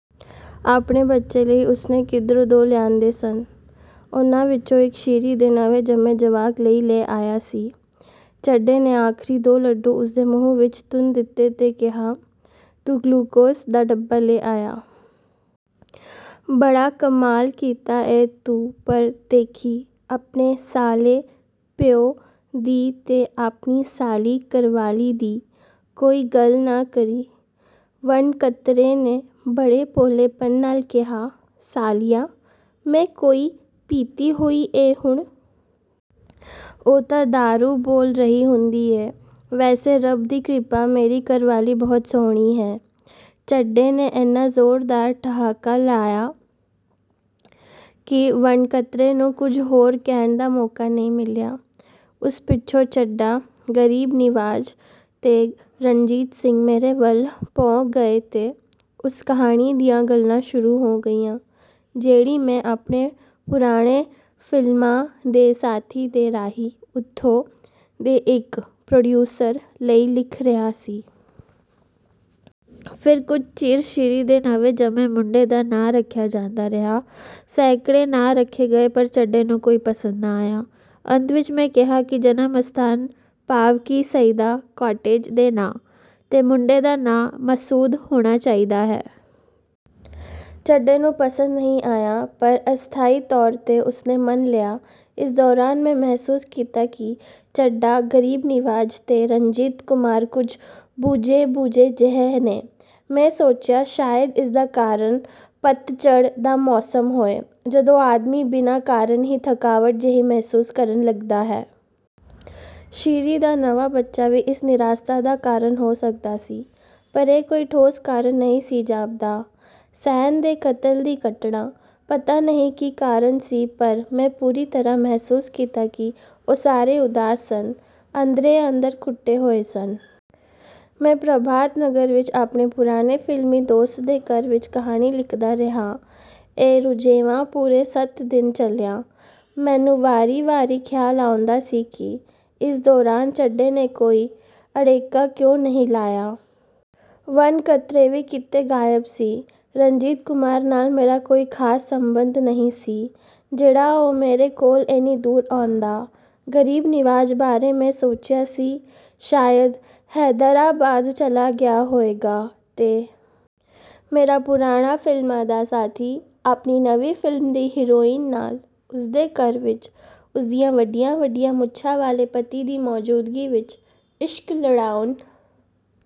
ਆਪਣੇ ਬੱਚੇ ਲਈ ਉਸਨੇ ਕਿਧਰੋਂ ਦੋ ਲਿਆਂਦੇ ਸਨ, ਉਹਨਾਂ ਵਿਚੋਂ ਇਕ ਸ਼ੀਰੀਂ ਦੇ ਨਵੇਂ ਜੰਮੇ ਜਵਾਕ ਲਈ ਲੈ ਆਇਆ ਸੀ। ਚੱਡੇ ਨੇ ਆਖਰੀ ਦੋ ਲੱਡੂ ਉਸਦੇ ਮੂੰਹ ਵਿਚ ਤੁੰਨ ਦਿੱਤੇ ਤੇ ਕਿਹਾ, "ਤੂੰ ਗਲੂਕੋਸ ਦਾ ਡੱਬਾ ਲੈ ਆਇਆ। ਬੜਾ ਕਮਾਲ ਕੀਤਾ ਏ ਤੂੰ ਪਰ ਦੇਖੀਂ, ਆਪਣੇ ਸਾਲੇ ਪਿਉ ਦੀ ਤੇ ਆਪਣੀ ਸਾਲੀ ਘਰਵਾਲੀ ਦੀ, ਕੋਈ ਗੱਲ ਨਾ ਕਰੀਂ। " ਵਣਕਤਰੇ ਨੇ ਬੜੇ ਭੋਲੇਪਨ ਨਾਲ ਕਿਹਾ, "ਸਾਲਿਆ, ਮੈਂ ਕੋਈ ਪੀਤੀ ਹੋਈ ਏ ਹੁਣ? ਉਹ ਤਾਂ ਦਾਰੂ ਬੋਲ ਰਹੀ ਹੁੰਦੀ ਏ ਵੈਸੇ ਰਬ ਦੀ ਕ੍ਰਿਪਾ, ਮੇਰੀ ਘਰਵਾਲੀ ਬਹੁਤ ਸੋਹਣੀ ਹੈ। "ਚੱਡੇ ਨੇ ਏਨਾ ਜ਼ੋਰਦਾਰ ਠਹਾਕਾ ਲਾਇਆ ਕਿ ਵਣਕਤਰੇ ਨੂੰ ਕੁਝ ਹੋਰ ਕਹਿਣ ਦਾ ਮੌਕਾ ਨਹੀਂ ਮਿਲਿਆ। ਉਸ ਪਿੱਛੋਂ ਚੱਡਾ, ਗਰੀਬ ਨਿਵਾਜ ਤੇ ਰਣਜੀਤ ਸਿੰਘ ਮੇਰੇ ਵੱਲ ਭੌਂ ਗਏ ਤੇ ਉਸ ਕਹਾਣੀ ਦੀਆਂ ਗੱਲਾਂ ਸ਼ੁਰੂ ਹੋ ਗਈਆਂ ਜਿਹੜੀ ਮੈਂ ਆਪਣੇ ਪੁਰਾਣੇ ਫ਼ਿਲਮਾਂ ਦੇ ਸਾਥੀ ਦੇ ਰਾਹੀਂ ਉੱਥੋਂ ਦੇ ਇਕ ਪ੍ਰੋਡਿਊਸਰ ਲਈ ਲਿਖ ਰਿਹਾ ਸਾਂ। ਫੇਰ ਕੁਝ ਚਿਰ ਸ਼ੀਰੀਂ ਦੇ ਨਵੇਂ ਜੰਮੇ ਮੁੰਡੇ ਦਾ ਨਾਂਅ ਰੱਖਿਆ ਜਾਂਦਾ ਰਿਹਾ। ਸੈਂਕੜੇ ਨਾਂਅ ਰੱਖੇ ਗਏ, ਪਰ ਚੱਡੇ ਨੂੰ ਕੋਈ ਪਸੰਦ ਨਾ ਆਇਆ। ਅੰਤ ਵਿਚ ਮੈਂ ਕਿਹਾ ਕਿ ਜਨਮ ਸਥਾਨ ਭਾਵ ਕਿ ਸਈਦਾ ਕਾਟੇਜ ਦੇ ਨਾਂਅ 'ਤੇ ਮੁੰਡੇ ਦਾ ਨਾਂਅ ਮਸਊਦ ਹੋਣਾ ਚਾਹੀਦਾ ਹੈ। ਚੱਡੇ ਨੂੰ ਪਸੰਦ ਨਹੀਂ ਆਇਆ, ਪਰ ਅਸਥਾਈ ਤੌਰ 'ਤੇ ਉਸਨੇ ਮੰਨ ਲਿਆ। ਇਸ ਦੌਰਾਨ ਮੈਂ ਮਹਿਸੂਸ ਕੀਤਾ ਕਿ ਚੱਡਾ, ਗਰੀਬ ਨਿਵਾਜ ਤੇ ਰਣਜੀਤ ਕੁਮਾਰ ਕੁਝ ਬੁਝੇ-ਬੁਝੇ ਜਿਹੇ ਨੇ। ਮੈਂ ਸੋਚਿਆ, ਸ਼ਾਇਦ ਇਸ ਦਾ ਕਾਰਨ ਪਤਝੜ ਦਾ ਮੌਸਮ ਹੋਏ, ਜਦੋਂ ਆਦਮੀ ਬਿਨਾਂ ਕਾਰਨ ਹੀ ਥਕਾਵਟ ਜਿਹੀ ਮਹਿਸੂਸ ਕਰਨ ਲੱਗਦਾ ਹੈ। ਸ਼ੀਰੀਂ ਦਾ ਨਵਾਂ ਬੱਚਾ ਵੀ ਇਸ ਨਿਰਾਸਤਾ ਦਾ ਕਾਰਨ ਹੋ ਸਕਦਾ ਸੀ, ਪਰ ਇਹ ਕੋਈ ਠੋਸ ਕਾਰਨ ਨਹੀਂ ਸੀ ਜਾਪਦਾ। ਸੈਨ ਦੇ ਕਤਲ ਦੀ ਘਟਨਾ? ਪਤਾ ਨਹੀਂ ਕੀ ਕਾਰਨ ਸੀ ਪਰ ਮੈਂ ਪੂਰੀ ਤਰ੍ਹਾਂ ਮਹਿਸੂਸ ਕੀਤਾ ਕਿ ਉਹ ਸਾਰੇ ਉਦਾਸ ਸਨ; ਅੰਦਰੇ-ਅੰਦਰ ਘੁੱਟੇ ਹੋਏ ਸਨ। ਮੈਂ ਪ੍ਰਭਾਤ ਨਗਰ ਵਿਚ ਆਪਣੇ ਪੁਰਾਣੇ ਫਿਲਮੀਂ ਦੋਸਤ ਦੇ ਘਰ ਵਿਚ ਕਹਾਣੀ ਲਿਖਦਾ ਰਿਹਾ। ਇਹ ਰੁਝੇਵਾਂ ਪੂਰੇ ਸੱਤ ਦਿਨ ਚੱਲਿਆ। ਮੈਨੂੰ ਵਾਰੀ-ਵਾਰੀ ਖਿਆਲ ਆਉਂਦਾ ਸੀ ਕਿ ਇਸ ਦੌਰਾਨ ਚੱਡੇ ਨੇ ਕੋਈ ਅੜਿਕਾ ਕਿਉਂ ਨਹੀਂ ਲਾਇਆ। ਵਣਕਤਰੇ ਵੀ ਕਿਤੇ ਗਾਇਬ ਸੀ। ਰਣਜੀਤ ਕੁਮਾਰ ਨਾਲ ਮੇਰਾ ਕੋਈ ਖਾਸ ਸਬੰਧ ਨਹੀਂ ਸੀ, ਜਿਹੜਾ ਉਹ ਮੇਰੇ ਕੋਲ ਏਨੀ ਦੂਰ ਆਉਂਦਾ। ਗਰੀਬ ਨਿਵਾਜ ਬਾਰੇ ਮੈਂ ਸੋਚਿਆ ਸੀ, ਸ਼ਾਇਦ ਹੈਦਰਾਬਾਦ ਚਲਾ ਗਿਆ ਹੋਏਗਾ। ਤੇ ਮੇਰਾ ਪੁਰਾਣਾ ਫਿਲਮਾਂ ਦਾ ਸਾਥੀ ਆਪਣੀ ਨਵੀਂ ਫਿਲਮ ਦੀ ਹੀਰੋਇਨ ਨਾਲ, ਉਸਦੇ ਘਰ ਵਿਚ, ਉਸਦੀਆਂ ਵੱਡੀਆਂ-ਵੱਡੀਆਂ ਮੁੱਛਾਂ ਵਾਲੇ ਪਤੀ ਦੀ ਮੌਜੂਦਗੀ ਵਿਚ, ਇਸ਼ਕ ਲੜਾਉਣ